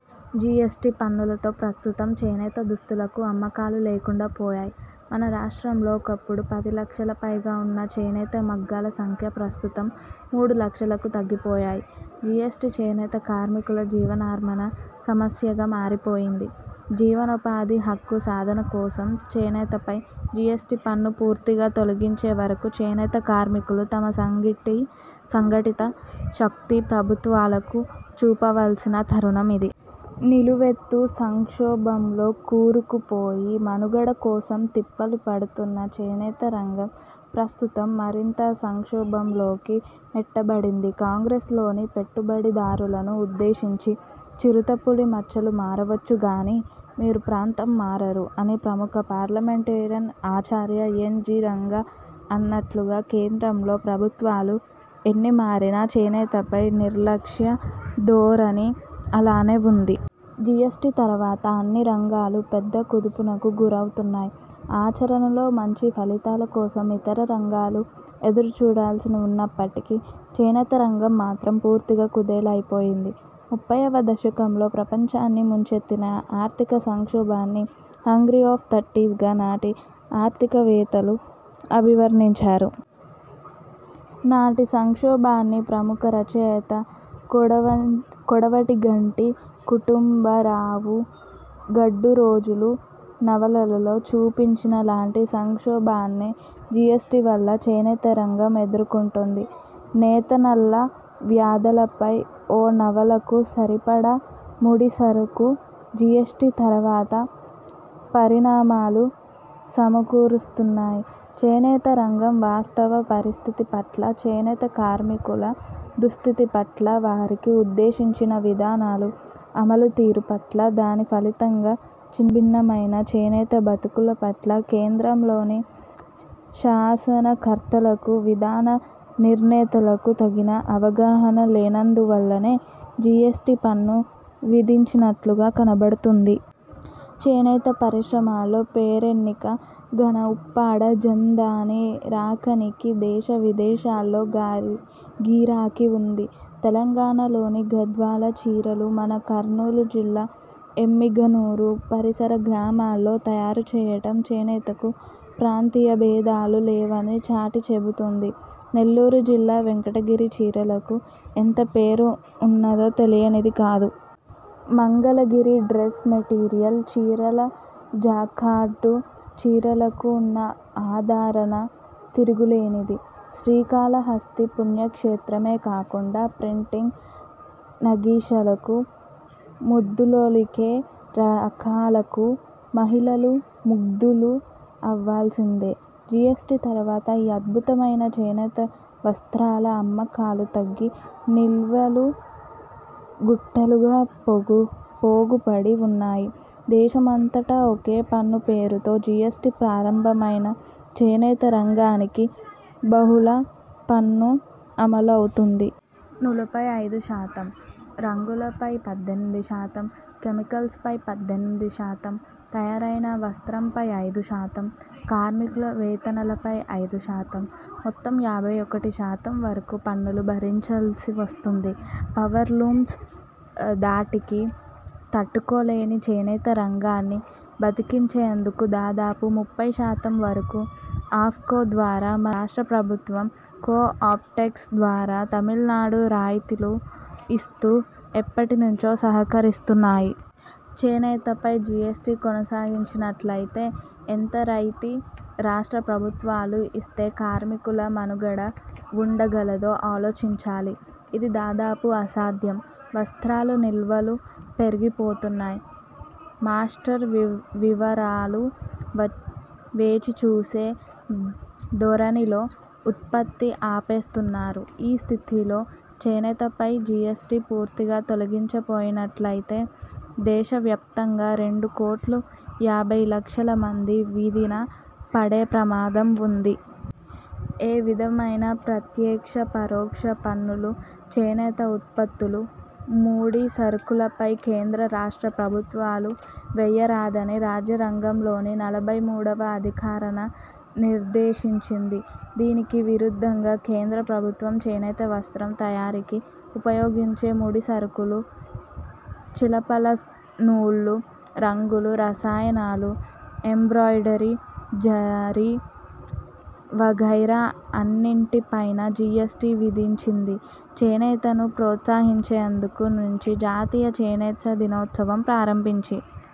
GST పన్నుతో ప్రస్తుతం చేనేత దుస్తులకు అమ్మకాలు లేకుండా పోయాయి. మన రాష్ట్రంలో ఒకప్పుడు పది లక్షలకు పైగా ఉన్న చేనేత మగ్గాల సంఖ్య ప్రస్తుతం మూడు లక్షలకు తగ్గిపోయాయి. జీఎస్టీ చేనేత కార్మికులకు జీవన్మరణ సమస్యగా మారిపోయింది. జీవనోపాధి హక్కు సాధన కోసం, చేనేతపై జీఎస్టీ పన్ను పూర్తిగా తొలగించే వరకు చేనేత కార్మికులు తమ సంఘటిత శక్తిని ప్రభుత్వాలకు చూపాల్సిన తరుణం ఇది. నిలువెత్తు సంక్షోభంలో కూరుకుపోయి మనుగడ కోసం తిప్పలు పడుతున్న చేనేత రంగం ప్రస్తుతం మరింత సంక్షోభంలోకి నెట్టబడింది. కాంగ్రెస్లోని పెట్టుబడిదారులను ఉద్దేశించి ''చిరుతపులి మచ్చలు మారవచ్చు గానీ, మీరు మాత్రం మారరు'' అని ప్రముఖ parliamentarian Acharya N. G. Ranga అన్నట్లుగా కేంద్రంలో ప్రభుత్వాలు ఎన్ని మారినా చేనేతపై నిర్లక్ష్య ధోరణి అలానే వుంది. జీఎస్టీ తర్వాత అన్ని రంగాలూ పెద్ద కుదుపునకు గురవుతున్నాయి. ఆచరణలో మంచి ఫలితాల కోసం ఇతర రంగాలు ఎదురుచూడాల్సి వున్నప్పటికీ చేనేత రంగం మాత్రం పూర్తిగా కుదేలు అయిపోయింది. ముప్పైవ దశకంలో ప్రపంచాన్ని ముంచెత్తిన ఆర్థిక సంక్షోభాన్ని 'హంగ్రీ ఆఫ్ థర్టీస్ 'గా నాటి ఆర్థికవేత్తలు అభివర్ణించారు. నాటి సంక్షోభాన్ని ప్రముఖ రచయిత కొడవటిగంటి కుటుంబరావు 'గడ్డురోజులు' నవలలో చూపించిన లాంటి సంక్షోభాన్నే జీఎస్టీ వల్ల చేనేత రంగం ఎదుర్కొంటుంది. నేతన్నల వ్యధలపై ఓ నవలకు సరిపడా ముడిసరుకు జీఎస్టీ తర్వాత పరిణామాలు సమకూరుస్తున్నాయి. చేనేత రంగం వాస్తవ పరిస్థితి పట్ల, చేనేత కార్మికుల దుస్థితి పట్ల, వారికి ఉద్దేశించిన విధానాల అమలుతీరు పట్ల, దాని ఫలితంగా చిన్నాభిన్నమైన చేనేత బతుకుల పట్ల కేంద్రంలోని శాసనకర్తలకు, విధాన నిర్ణేతలకు తగిన అవగాహన లేనందువల్లనే జీఎస్టీ పన్ను విధించినట్లుగా కనబడుతుంది. చేనేత పరిశ్రమలో పేరెన్నిక గన్న ఉప్పాడ 'జంధాని' రకానికి దేశ విదేశాల్లో గిరాకీ వుంది. తెలంగాణలోని గద్వాల చీరలు మన కర్నూలు జిల్లా ఎమ్మిగనూరు, పరిసర గ్రామాల్లో తయారు చేయటం చేనేతకు ప్రాంతీయబేధాలు లేవనీ చాటి చెబుతుంది. నెల్లూరు జిల్లా వెంకటగిరి చీరలకు ఎంత పేరు ఉన్నదో తెలియనిది కాదు. Mangalagiri dress material, Chirala jacquard చీరలకు ఉన్న ఆదరణ తిరుగులేనిది. శ్రీకాళహస్తి పుణ్యక్షేత్రమే కాకుండా ప్రింటింగ్, నగిషీలకు, ముద్దులొలికే రకాలకు మహిళలు ముగ్ధులు అవ్వాల్సిందే. జీఎస్టీ తర్వాత ఈ అద్భుతమైన చేనేత వస్త్రాల అమ్మకాలు తగ్గి నిల్వలు గుట్టలుగా పోగుపడి వున్నాయి. దేశమంతటా ఒకే పన్ను పేరుతో జీఎస్టీ ప్రారంభం అయినా చేనేత రంగానికి బహుళ పన్ను అమలు అవుతోంది. నూలుపై ఐదు శాతం, రంగులపై పద్దెనిమిది శాతం, కెమికల్స్ పై పద్దెనిమిది శాతం, తయారైన వస్త్రంపై ఐదు శాతం, కార్మికుల వేతనాలపై ఐదు శాతం మొత్తం యాభై ఒకటి శాతం వరకు పన్నులు భరించాల్సి వస్తుంది. పవర్ లూమ్స్ ధాటికి తట్టుకోలేని చేనేత రంగాన్ని బతికించేందుకు దాదాపు ముప్పై శాతం వరకు ఆప్కో ద్వారా మన రాష్ట్ర ప్రభుత్వం, కో–ఆప్టెక్స్ ద్వారా తమిళనాడు రాయితీలు ఇస్తూ ఎప్పటినుంచో సహకరిస్తున్నాయి. చేనేతపై జీఎస్టీ కొనసాగినట్లయితే ఎంత రాయితీ రాష్ట్రప్రభుత్వాలు ఇస్తే కార్మికుల మనుగడ వుండగలదో ఆలోచించాలి. ఇది దాదాపు అసాధ్యం. వస్త్రాల నిల్వలు పెరిగిపోతున్నాయి. మాష్టర్ వీవర్లు వేచి చూసే ధోరణిలో ఉత్పత్తి ఆపేస్తున్నారు. ఈ స్థితిలో చేనేతపై జీఎస్టీని పూర్తిగా తొలగించకపోయినట్లయితే, దేశవ్యాప్తంగా రెండుకోట్ల యాభైలక్షల మంది వీధిన పడే ప్రమాదం వుంది. ఏ విధమైన ప్రత్యక్ష, పరోక్ష పన్నులు చేనేత ఉత్పత్తులు, ముడి సరుకులపై కేంద్ర రాష్ట్ర ప్రభుత్వాలు వేయరాదని రాజ్యాంగంలోని నలభై మూడువ అధికరణ నిర్దేశించింది. దీనికి విరుద్ధంగా కేంద్ర ప్రభుత్వం చేనేత వస్త్రం తయారీకి ఉపయోగించే ముడిసరుకులు చిలపల నూలు, రంగులు, రసాయనాలు, ఎంబ్రాయిడరీ, జరీ వగైరా అన్నింటి పైనా జీఎస్టీ విధించింది. చేనేతను ప్రోత్సహించేందుకు నుంచి జాతీయ చేనేత దినోత్సవం ప్రారంభించి